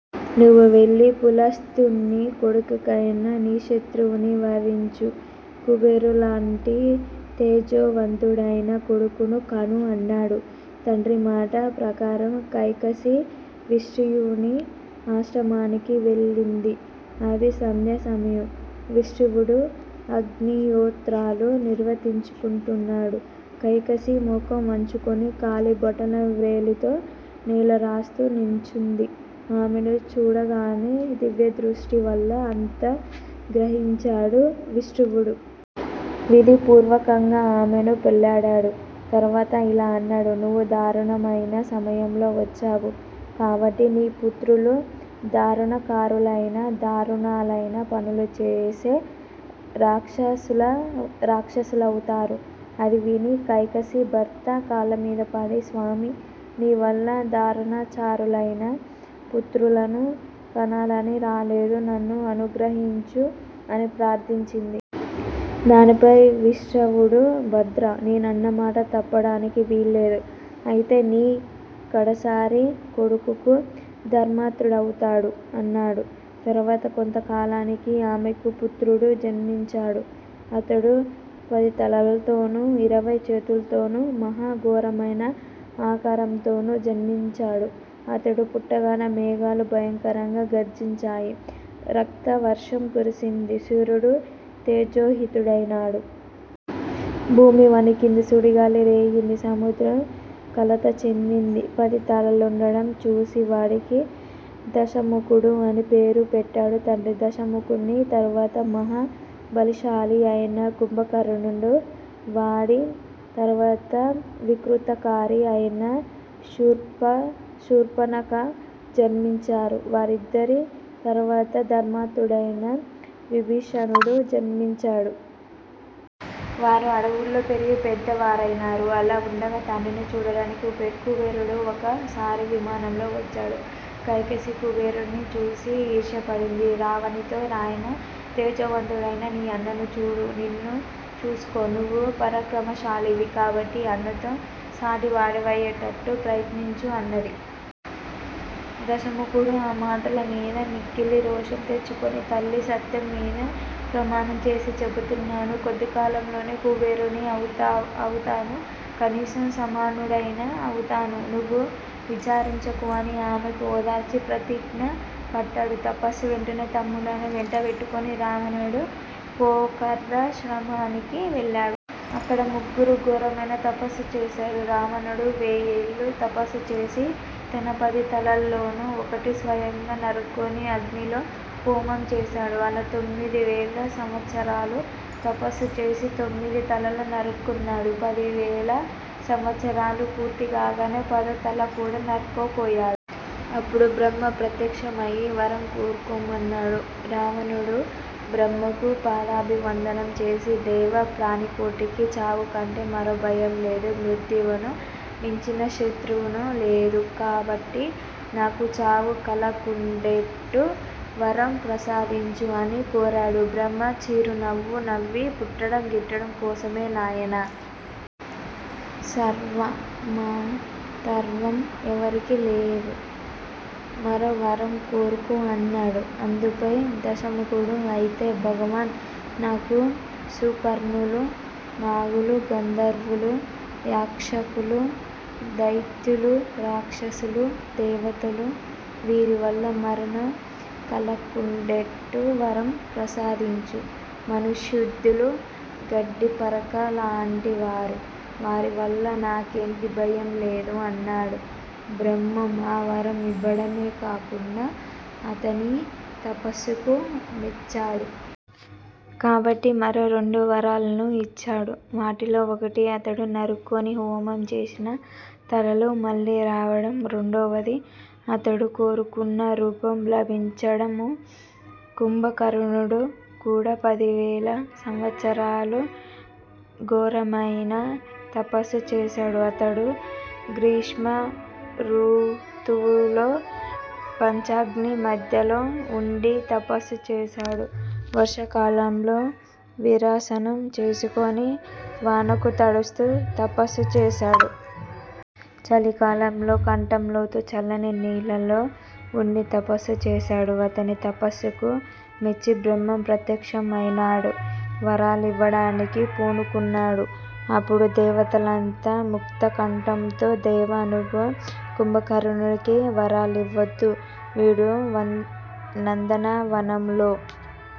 నువ్వు వెళ్ళి పులస్త్యుని కొడుకైన నిశ్రవుణ్ని వరించు. కుబేరునిలాంటి తేజోవంతుడైన కొడుకును కను అన్నాడు. తండ్రి మాట ప్రకారం కైకసి విశ్రవుడి ఆశ్రమానికి వెళ్ళింది. అది సంధ్యాసమయం, విశ్రవుడు అగ్నిహోత్రాలు నిర్వర్తించుకుంటున్నాడు. కైకసి మొగం వంచుకొని కాలి బొటనవ్రేలితో నేలరాస్తూ నుంచుంది. ఆమెను చూడగానే దివ్యదృష్టి వల్ల అంతా గ్రహించాడు విశ్రవుడు. విధిపూర్వకంగా ఆమెను పెళ్లాడాడు. తర్వాత ఇలా అన్నాడు. నువ్వు దారుణమైన సమయంలో వచ్చావు. కాబట్టి నీ పుత్రులు దారుణాకారులైన దారుణాలైన పనులు చేసే రాక్షసులవుతారు అది విని కైకసి భర్త కాళ్ళమీద పడి స్వామీ! నీవల్ల దురాచారులైన పుత్రులను కనాలని రాలేదు. నన్ను అనుగ్రహించు అని ప్రార్దించండి. దానిపై విశ్రవుడు భద్రా! నేనన్నమాట తప్పడానికి వీల్లేదు. అయితే నీ కడసారి కొడుకు ధర్మాత్ముడవుతాడు అన్నాడు. తరువాత కొంతకాలానికి ఆమెకు పుత్రుడు జన్మించాడు. అతడు పదితలల్తోనూ, ఇరవై చేతుల్తోనూ మహా ఘోరమైన ఆకారంతోనూ జన్మించాడు. అతడు పుట్టగానే మేఘాలు భయంకరంగా గర్జించాయి. రక్తవర్షం కురిసింది. సూర్యుడు తేజోహీనుడైనాడు. భూమి వణికింది. సుడిగాలి రేగింది. సముద్రం కలత చెందింది. పది తలలుండడం చూసి వాడికి దశముఖుడు అని పేరు పెట్టాడు తండ్రి. దశముఖుని తరువాత మహా బలిశాలి అయిన కుంభకర్ణుడూ, వాడి తరువాత వికృతాకారి అయిన శూర్పనఖ జన్మించారు. వారిద్దరి తరువాత ధర్మాత్ముడైన విభీషణుడు జన్మించాడు. వారు అడవుల్లో పెరిగి పెద్దవారైనారు. అలా వుండగా తండ్రిని చూడ్డానికి కుబేరుడు ఒక సారి విమానంలో వచ్చాడు. కైకసి కుబేరుణ్ణి చూసి ఈర్ష్య పడింది. రావణునితో నాయనా! తేజోవంతుడైన నీ అన్నను చూడు. నిన్నూ చూసుకో, నువ్వు పరాక్రమశాలివి. కాబట్టి అన్నతో సాటివాడివయ్యేట్టు ప్రయత్నించు అన్నది. దశముఖుడు ఆ మాటల మీద మిక్కిలి రోషం తెచ్చుకొని తల్లీ! సత్యం మీద ప్రమాణం చేసి చెపుతున్నాను. కొద్ది కాలంలోనే కుబేరుణ్ణి అవుతాను. కనీసం సమానుడనైనా అవుతాను. నువ్వు విచారించకు అని ఆమెను ఓదార్చి ప్రతిజ్ఞ పట్టాడు. తపస్సు వెంటనే తమ్ములను వెంటబెట్టుకుని రావణుడు గోకర్ణాశ్రమానికి వెళ్లాడు. అక్కడ ముగ్గురూ ఘోరమైన తపస్సు చేశారు. రావణుడు వెయ్యేళ్ళు తపస్సు చేసి, తన పది తలల్లోనూ ఒకటి స్వయంగా నరుక్కొని అగ్నిలో హోమం చేశాడు. అలా తొమ్మిది వేల సంవత్సరాలు తపస్సు చేసి తొమ్మిది తలలు నరుక్కున్నాడు. పదివేల సంవత్సరాలూ పూర్తికాగానే పదో తల కూడా నరుక్కోపోయాడు. అప్పుడు బ్రహ్మ ప్రత్యక్షం అయి వరం కోరుకోమన్నాడు. రావణుడు బ్రహ్మకు పాదాభివందనం చేసి దేవా! ప్రాణికోటికి చావుకంటే మరో భయంలేదు. మృత్యువును మించిన శత్రువున్నూ లేదు. కాబట్టి నాకు చావు కలక్కుండేట్టు వరం ప్రసాదించు అని కోరాడు. బ్రహ్మ చిరునవ్వు నవ్వి పుట్టడం గిట్టడం కోసమే నాయనా. సర్వామరత్వం ఎవరికీ లేవు. మరో వరం కోరుకో అన్నాడు. అందుపై దశముఖుడు అయితే భగవాన్! నాకు సుపర్ణులు, నాగులు, గంధర్వులు, యక్షులు, దైత్యులు, రాక్షసులు, దేవతలు వీరి వల్ల మరణం కలక్కుండేట్టు వరం ప్రసాదించు. మనుష్యాదులు గడ్డిపరకల్లాంటివారు. వారివల్ల నాకెట్టి భయంలేదు. అన్నాడు. బ్రహ్మ ఆ వరం ఇవ్వడమే కాకుండా అతని తపస్సుకు మెచ్చాడు. కాబట్టి మరో రెండు వరాలున్నూ ఇచ్చాడు. వాటిలో ఒకటి అతడు నరుక్కొని హోమం చేసిన తలలు మళ్లీ రావడం, రెండవది అతడు కోరుకున్న రూపం లభించడమూ. కుంభకర్ణుడు కూడా పదివేల సంవత్సరాలు ఘోరమైన తపస్సు చేశాడు. అతడు గ్రీష్మరుతువులో పంచాగ్ని మధ్యంలో వుండి తపస్సుచేశాడు. వర్షాకాలంలో వీరాసనం చేసుకొని వానకు తడుస్తూ తపస్సుచేశాడు. చలికాలంలో కంఠంలోతు చల్లని నీళ్ళలో వుండి తపస్సు చేశాడు. అతని తపస్సుకు మెచ్చి బ్రహ్మ ప్రత్యక్షం అయినాడు. వరాలు ఇవ్వడానికి పూనుకున్నాడు. అప్పుడు దేవతలంతా ముక్తకంఠంతో దేవా! నువ్వు కుంభకర్ణుడికి వరాలివ్వవద్దు. వీడు నందనవనంలో